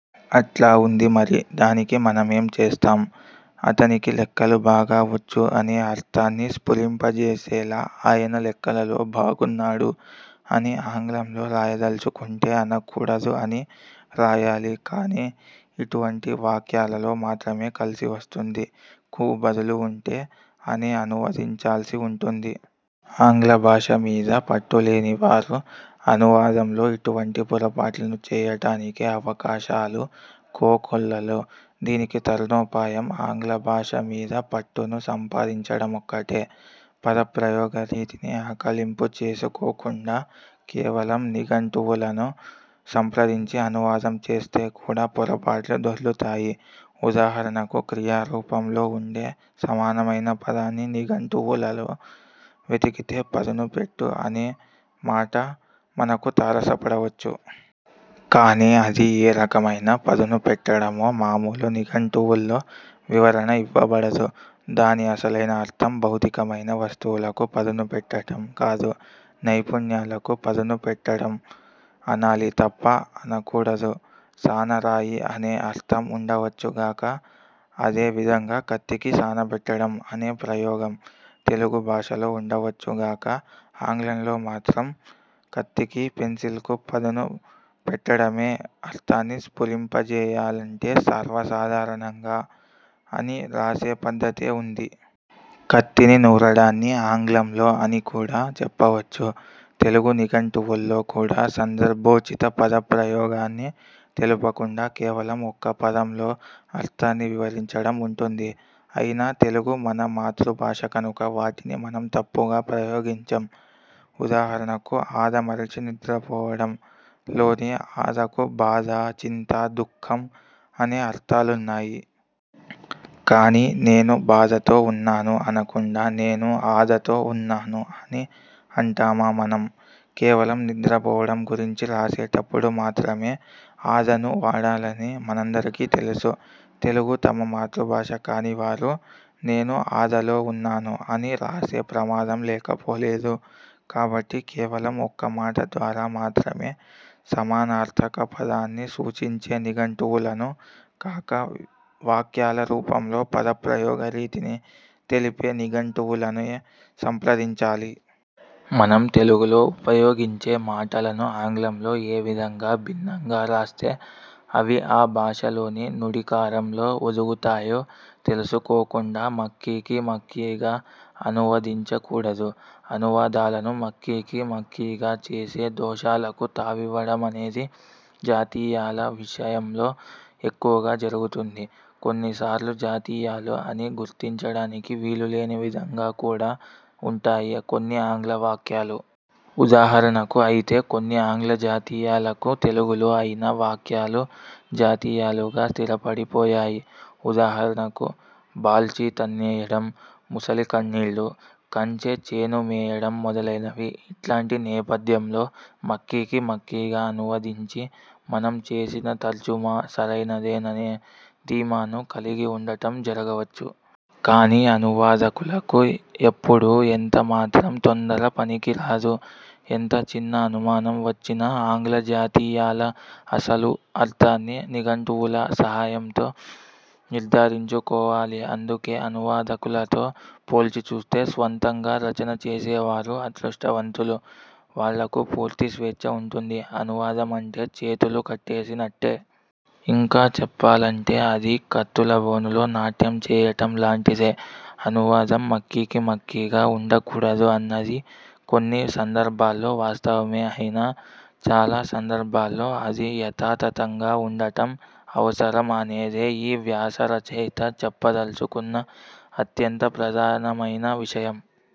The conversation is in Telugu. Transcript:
అట్లా వుంది మరి. దానికి మనమేం చేస్తాం! అతనికి లెక్కలు బాగా వచ్చు అనే అర్థాన్ని స్ఫురింపజేసేలా ఆయన లెక్కలలో బాగున్నాడు అని ఆంగ్లంలో రాయదల్చుకుంటే అనకూడదు, అని రాయాలి. కాని, ఇటువంటి వాక్యాలలో మాత్రమే కలిసి వస్తుంది. కు బదులు ఉంటే, అనే అనువదించాల్సి వుంటుంది. ఆంగ్లభాష మీద పట్టులేనివారు అనువాదంలో ఇటువంటి పొరపాట్లను చేయటానికి అవకాశాలు కోకొల్లలు. దీనికి తరుణోపాయం ఆంగ్లభాష మీద పట్టును సంపాదించడమొక్కటే. పదప్రయోగ రీతిని ఆకళింపు చేసుకోకుండా కేవలం నిఘంటువులను సంప్రదించి అనువాదం చేస్తే కూడా పొరపాట్లు దొర్లుతాయి. ఉదాహరణకు క్రియారూపంలో ఉండే సమానమైన పదాన్ని నిఘంటువులలో వెతికితే పదును పెట్టు అనే మాట మనకు తారసపడవచ్చు. కాని, అది ఏ రకమైన పదును పెట్టడమో మామూలు నిఘంటువుల్లో వివరణ ఇవ్వబడదు. దాని అసలైన అర్థం భౌతికమైన వస్తువులకు పదును పెట్టటం కాదు, నైపుణ్యాలకు పదును పెట్టటం. అనాలి తప్ప అనకూడదు. సానరాయి అనే అర్థం ఉండవచ్చు గాక. అదే విధంగా 'కత్తికి సాన పెట్టడం' అనే ప్రయోగం తెలుగు భాషలో ఉండవచ్చు గాక ఆంగ్లంలో మాత్రం కత్తికి ెన్సిల్ కు పదును పెట్టడమే అర్థాన్ని స్ఫురింపజేయాలంటే సర్వసాధారణంగా అని రాసే పద్ధతే ఉంది. కత్తిని నూరడాన్ని ఆంగ్లంలో అని కూడా చెప్పవచ్చు. తెలుగు నిఘంటువుల్లో కూడా సందర్భోచిత పదప్రయోగాన్ని తెలుపకుండా కేవలం ఒక్క పదంలో అర్థాన్ని వివరించడం ఉంటుంది. అయినా తెలుగు మన మాతృభాష కనుక వాటిని మనం తప్పుగా ప్రయోగించం. ఉదాహరణకు 'ఆదమరచి నిద్ర పోవడం' లోని ఆదకు బాధ, చింత, దుఃఖం అనే అర్థాలున్నాయి. కాని, నేను బాధతో ఉన్నాను అనకుండా, నేను ఆదతో ఉన్నాను అని అంటామా మనం? కేవలం నిద్ర పోవడం గురించి రాసేటప్పుడు మాత్రమే 'ఆద'ను వాడాలని మనందరికీ తెలుసు. తెలుగు తమ మాతృభాష కానివారు 'నేను ఆదలో ఉన్నాను' అని రాసే ప్రమాదం లేకపోలేదు. కాబట్టి, కేవలం ఒక్క మాట ద్వారా మాత్రమే సమానార్థక పదాన్ని సూచించే నిఘంటువులను కాక, వాక్యాల రూపంలో పదప్రయోగ రీతిని తెలిపే నిఘంటువులనే సంప్రదించాలి. మనం తెలుగులో ఉపయోగించే మాటలను ఆంగ్లంలో ఏ విధంగా భిన్నంగా రాస్తే అవి ఆ భాషలోని నుడికారంలో ఒదుగుతాయో తెలుసుకోకుండా మక్ఖీకి మక్ఖీగా అనువదించ కూడదు. అనువాదాలను మక్ఖీకి మక్ఖీగా చేసి దోషాలకు తావివ్వడమనేది జాతీయాల విషయంలో ఎక్కువగా జరుగుతుంది. కొన్నిసార్లు జాతీయాలు అని గుర్తించడానికి వీలులేని విధంగా కూడా ఉంటాయి కొన్ని ఆంగ్ల వాక్యాలు. ఉదాహరణకు... అయితే కొన్ని ఆంగ్ల జాతీయాలకు తెలుగులో అయిన వాక్యాలు జాతీయాలుగా స్థిరపడి పోయాయి. ఉదాహరణకు బాల్చీ తన్నేయడం; మొసలి కన్నీళ్లు; కంచే చేను మేయడం మొదలైనవి. ఇట్లాంటి నేపథ్యంలో మక్ఖీకి మక్ఖీగా అనువదించి, మనం చేసిన తర్జుమా సరైనదేననే ధీమాను కలిగి వుండటం జరగవచ్చు! కాని, అనువాదకులకు ఎప్పుడూ, ఎంత మాత్రం తొందర పనికి రాదు. ఎంత చిన్న అనుమానం వచ్చినా ఆంగ్ల జాతీయాల అసలు అర్థాన్ని నిఘంటువుల సహాయంతో నిర్థారించుకోవాలి. అందుకే, అనువాదకులతో పోల్చి చూస్తే స్వంతంగా రచన చేసేవారు అదృష్టవంతులు. వాళ్లకు పూర్తి స్వేచ్ఛ ఉంటుంది. అనువాదమంటే చేతులు కట్టేసినట్టే. ఇంకా చెప్పాలంటే, అది కత్తులబోనులో నాట్యం చేయటం లాంటిదే. అనువాదం మక్ఖీకి మక్ఖీగా ఉండకూడదు అన్నది కొన్ని సందర్భాల్లో వాస్తవమే అయినా, చాలా సందర్భాల్లో అది యథాతథంగా ఉండటం అవసరం అనేదే ఈ వ్యాసరచయిత చెప్పదల్చుకున్న అత్యంత ప్రధానమైన విషయం.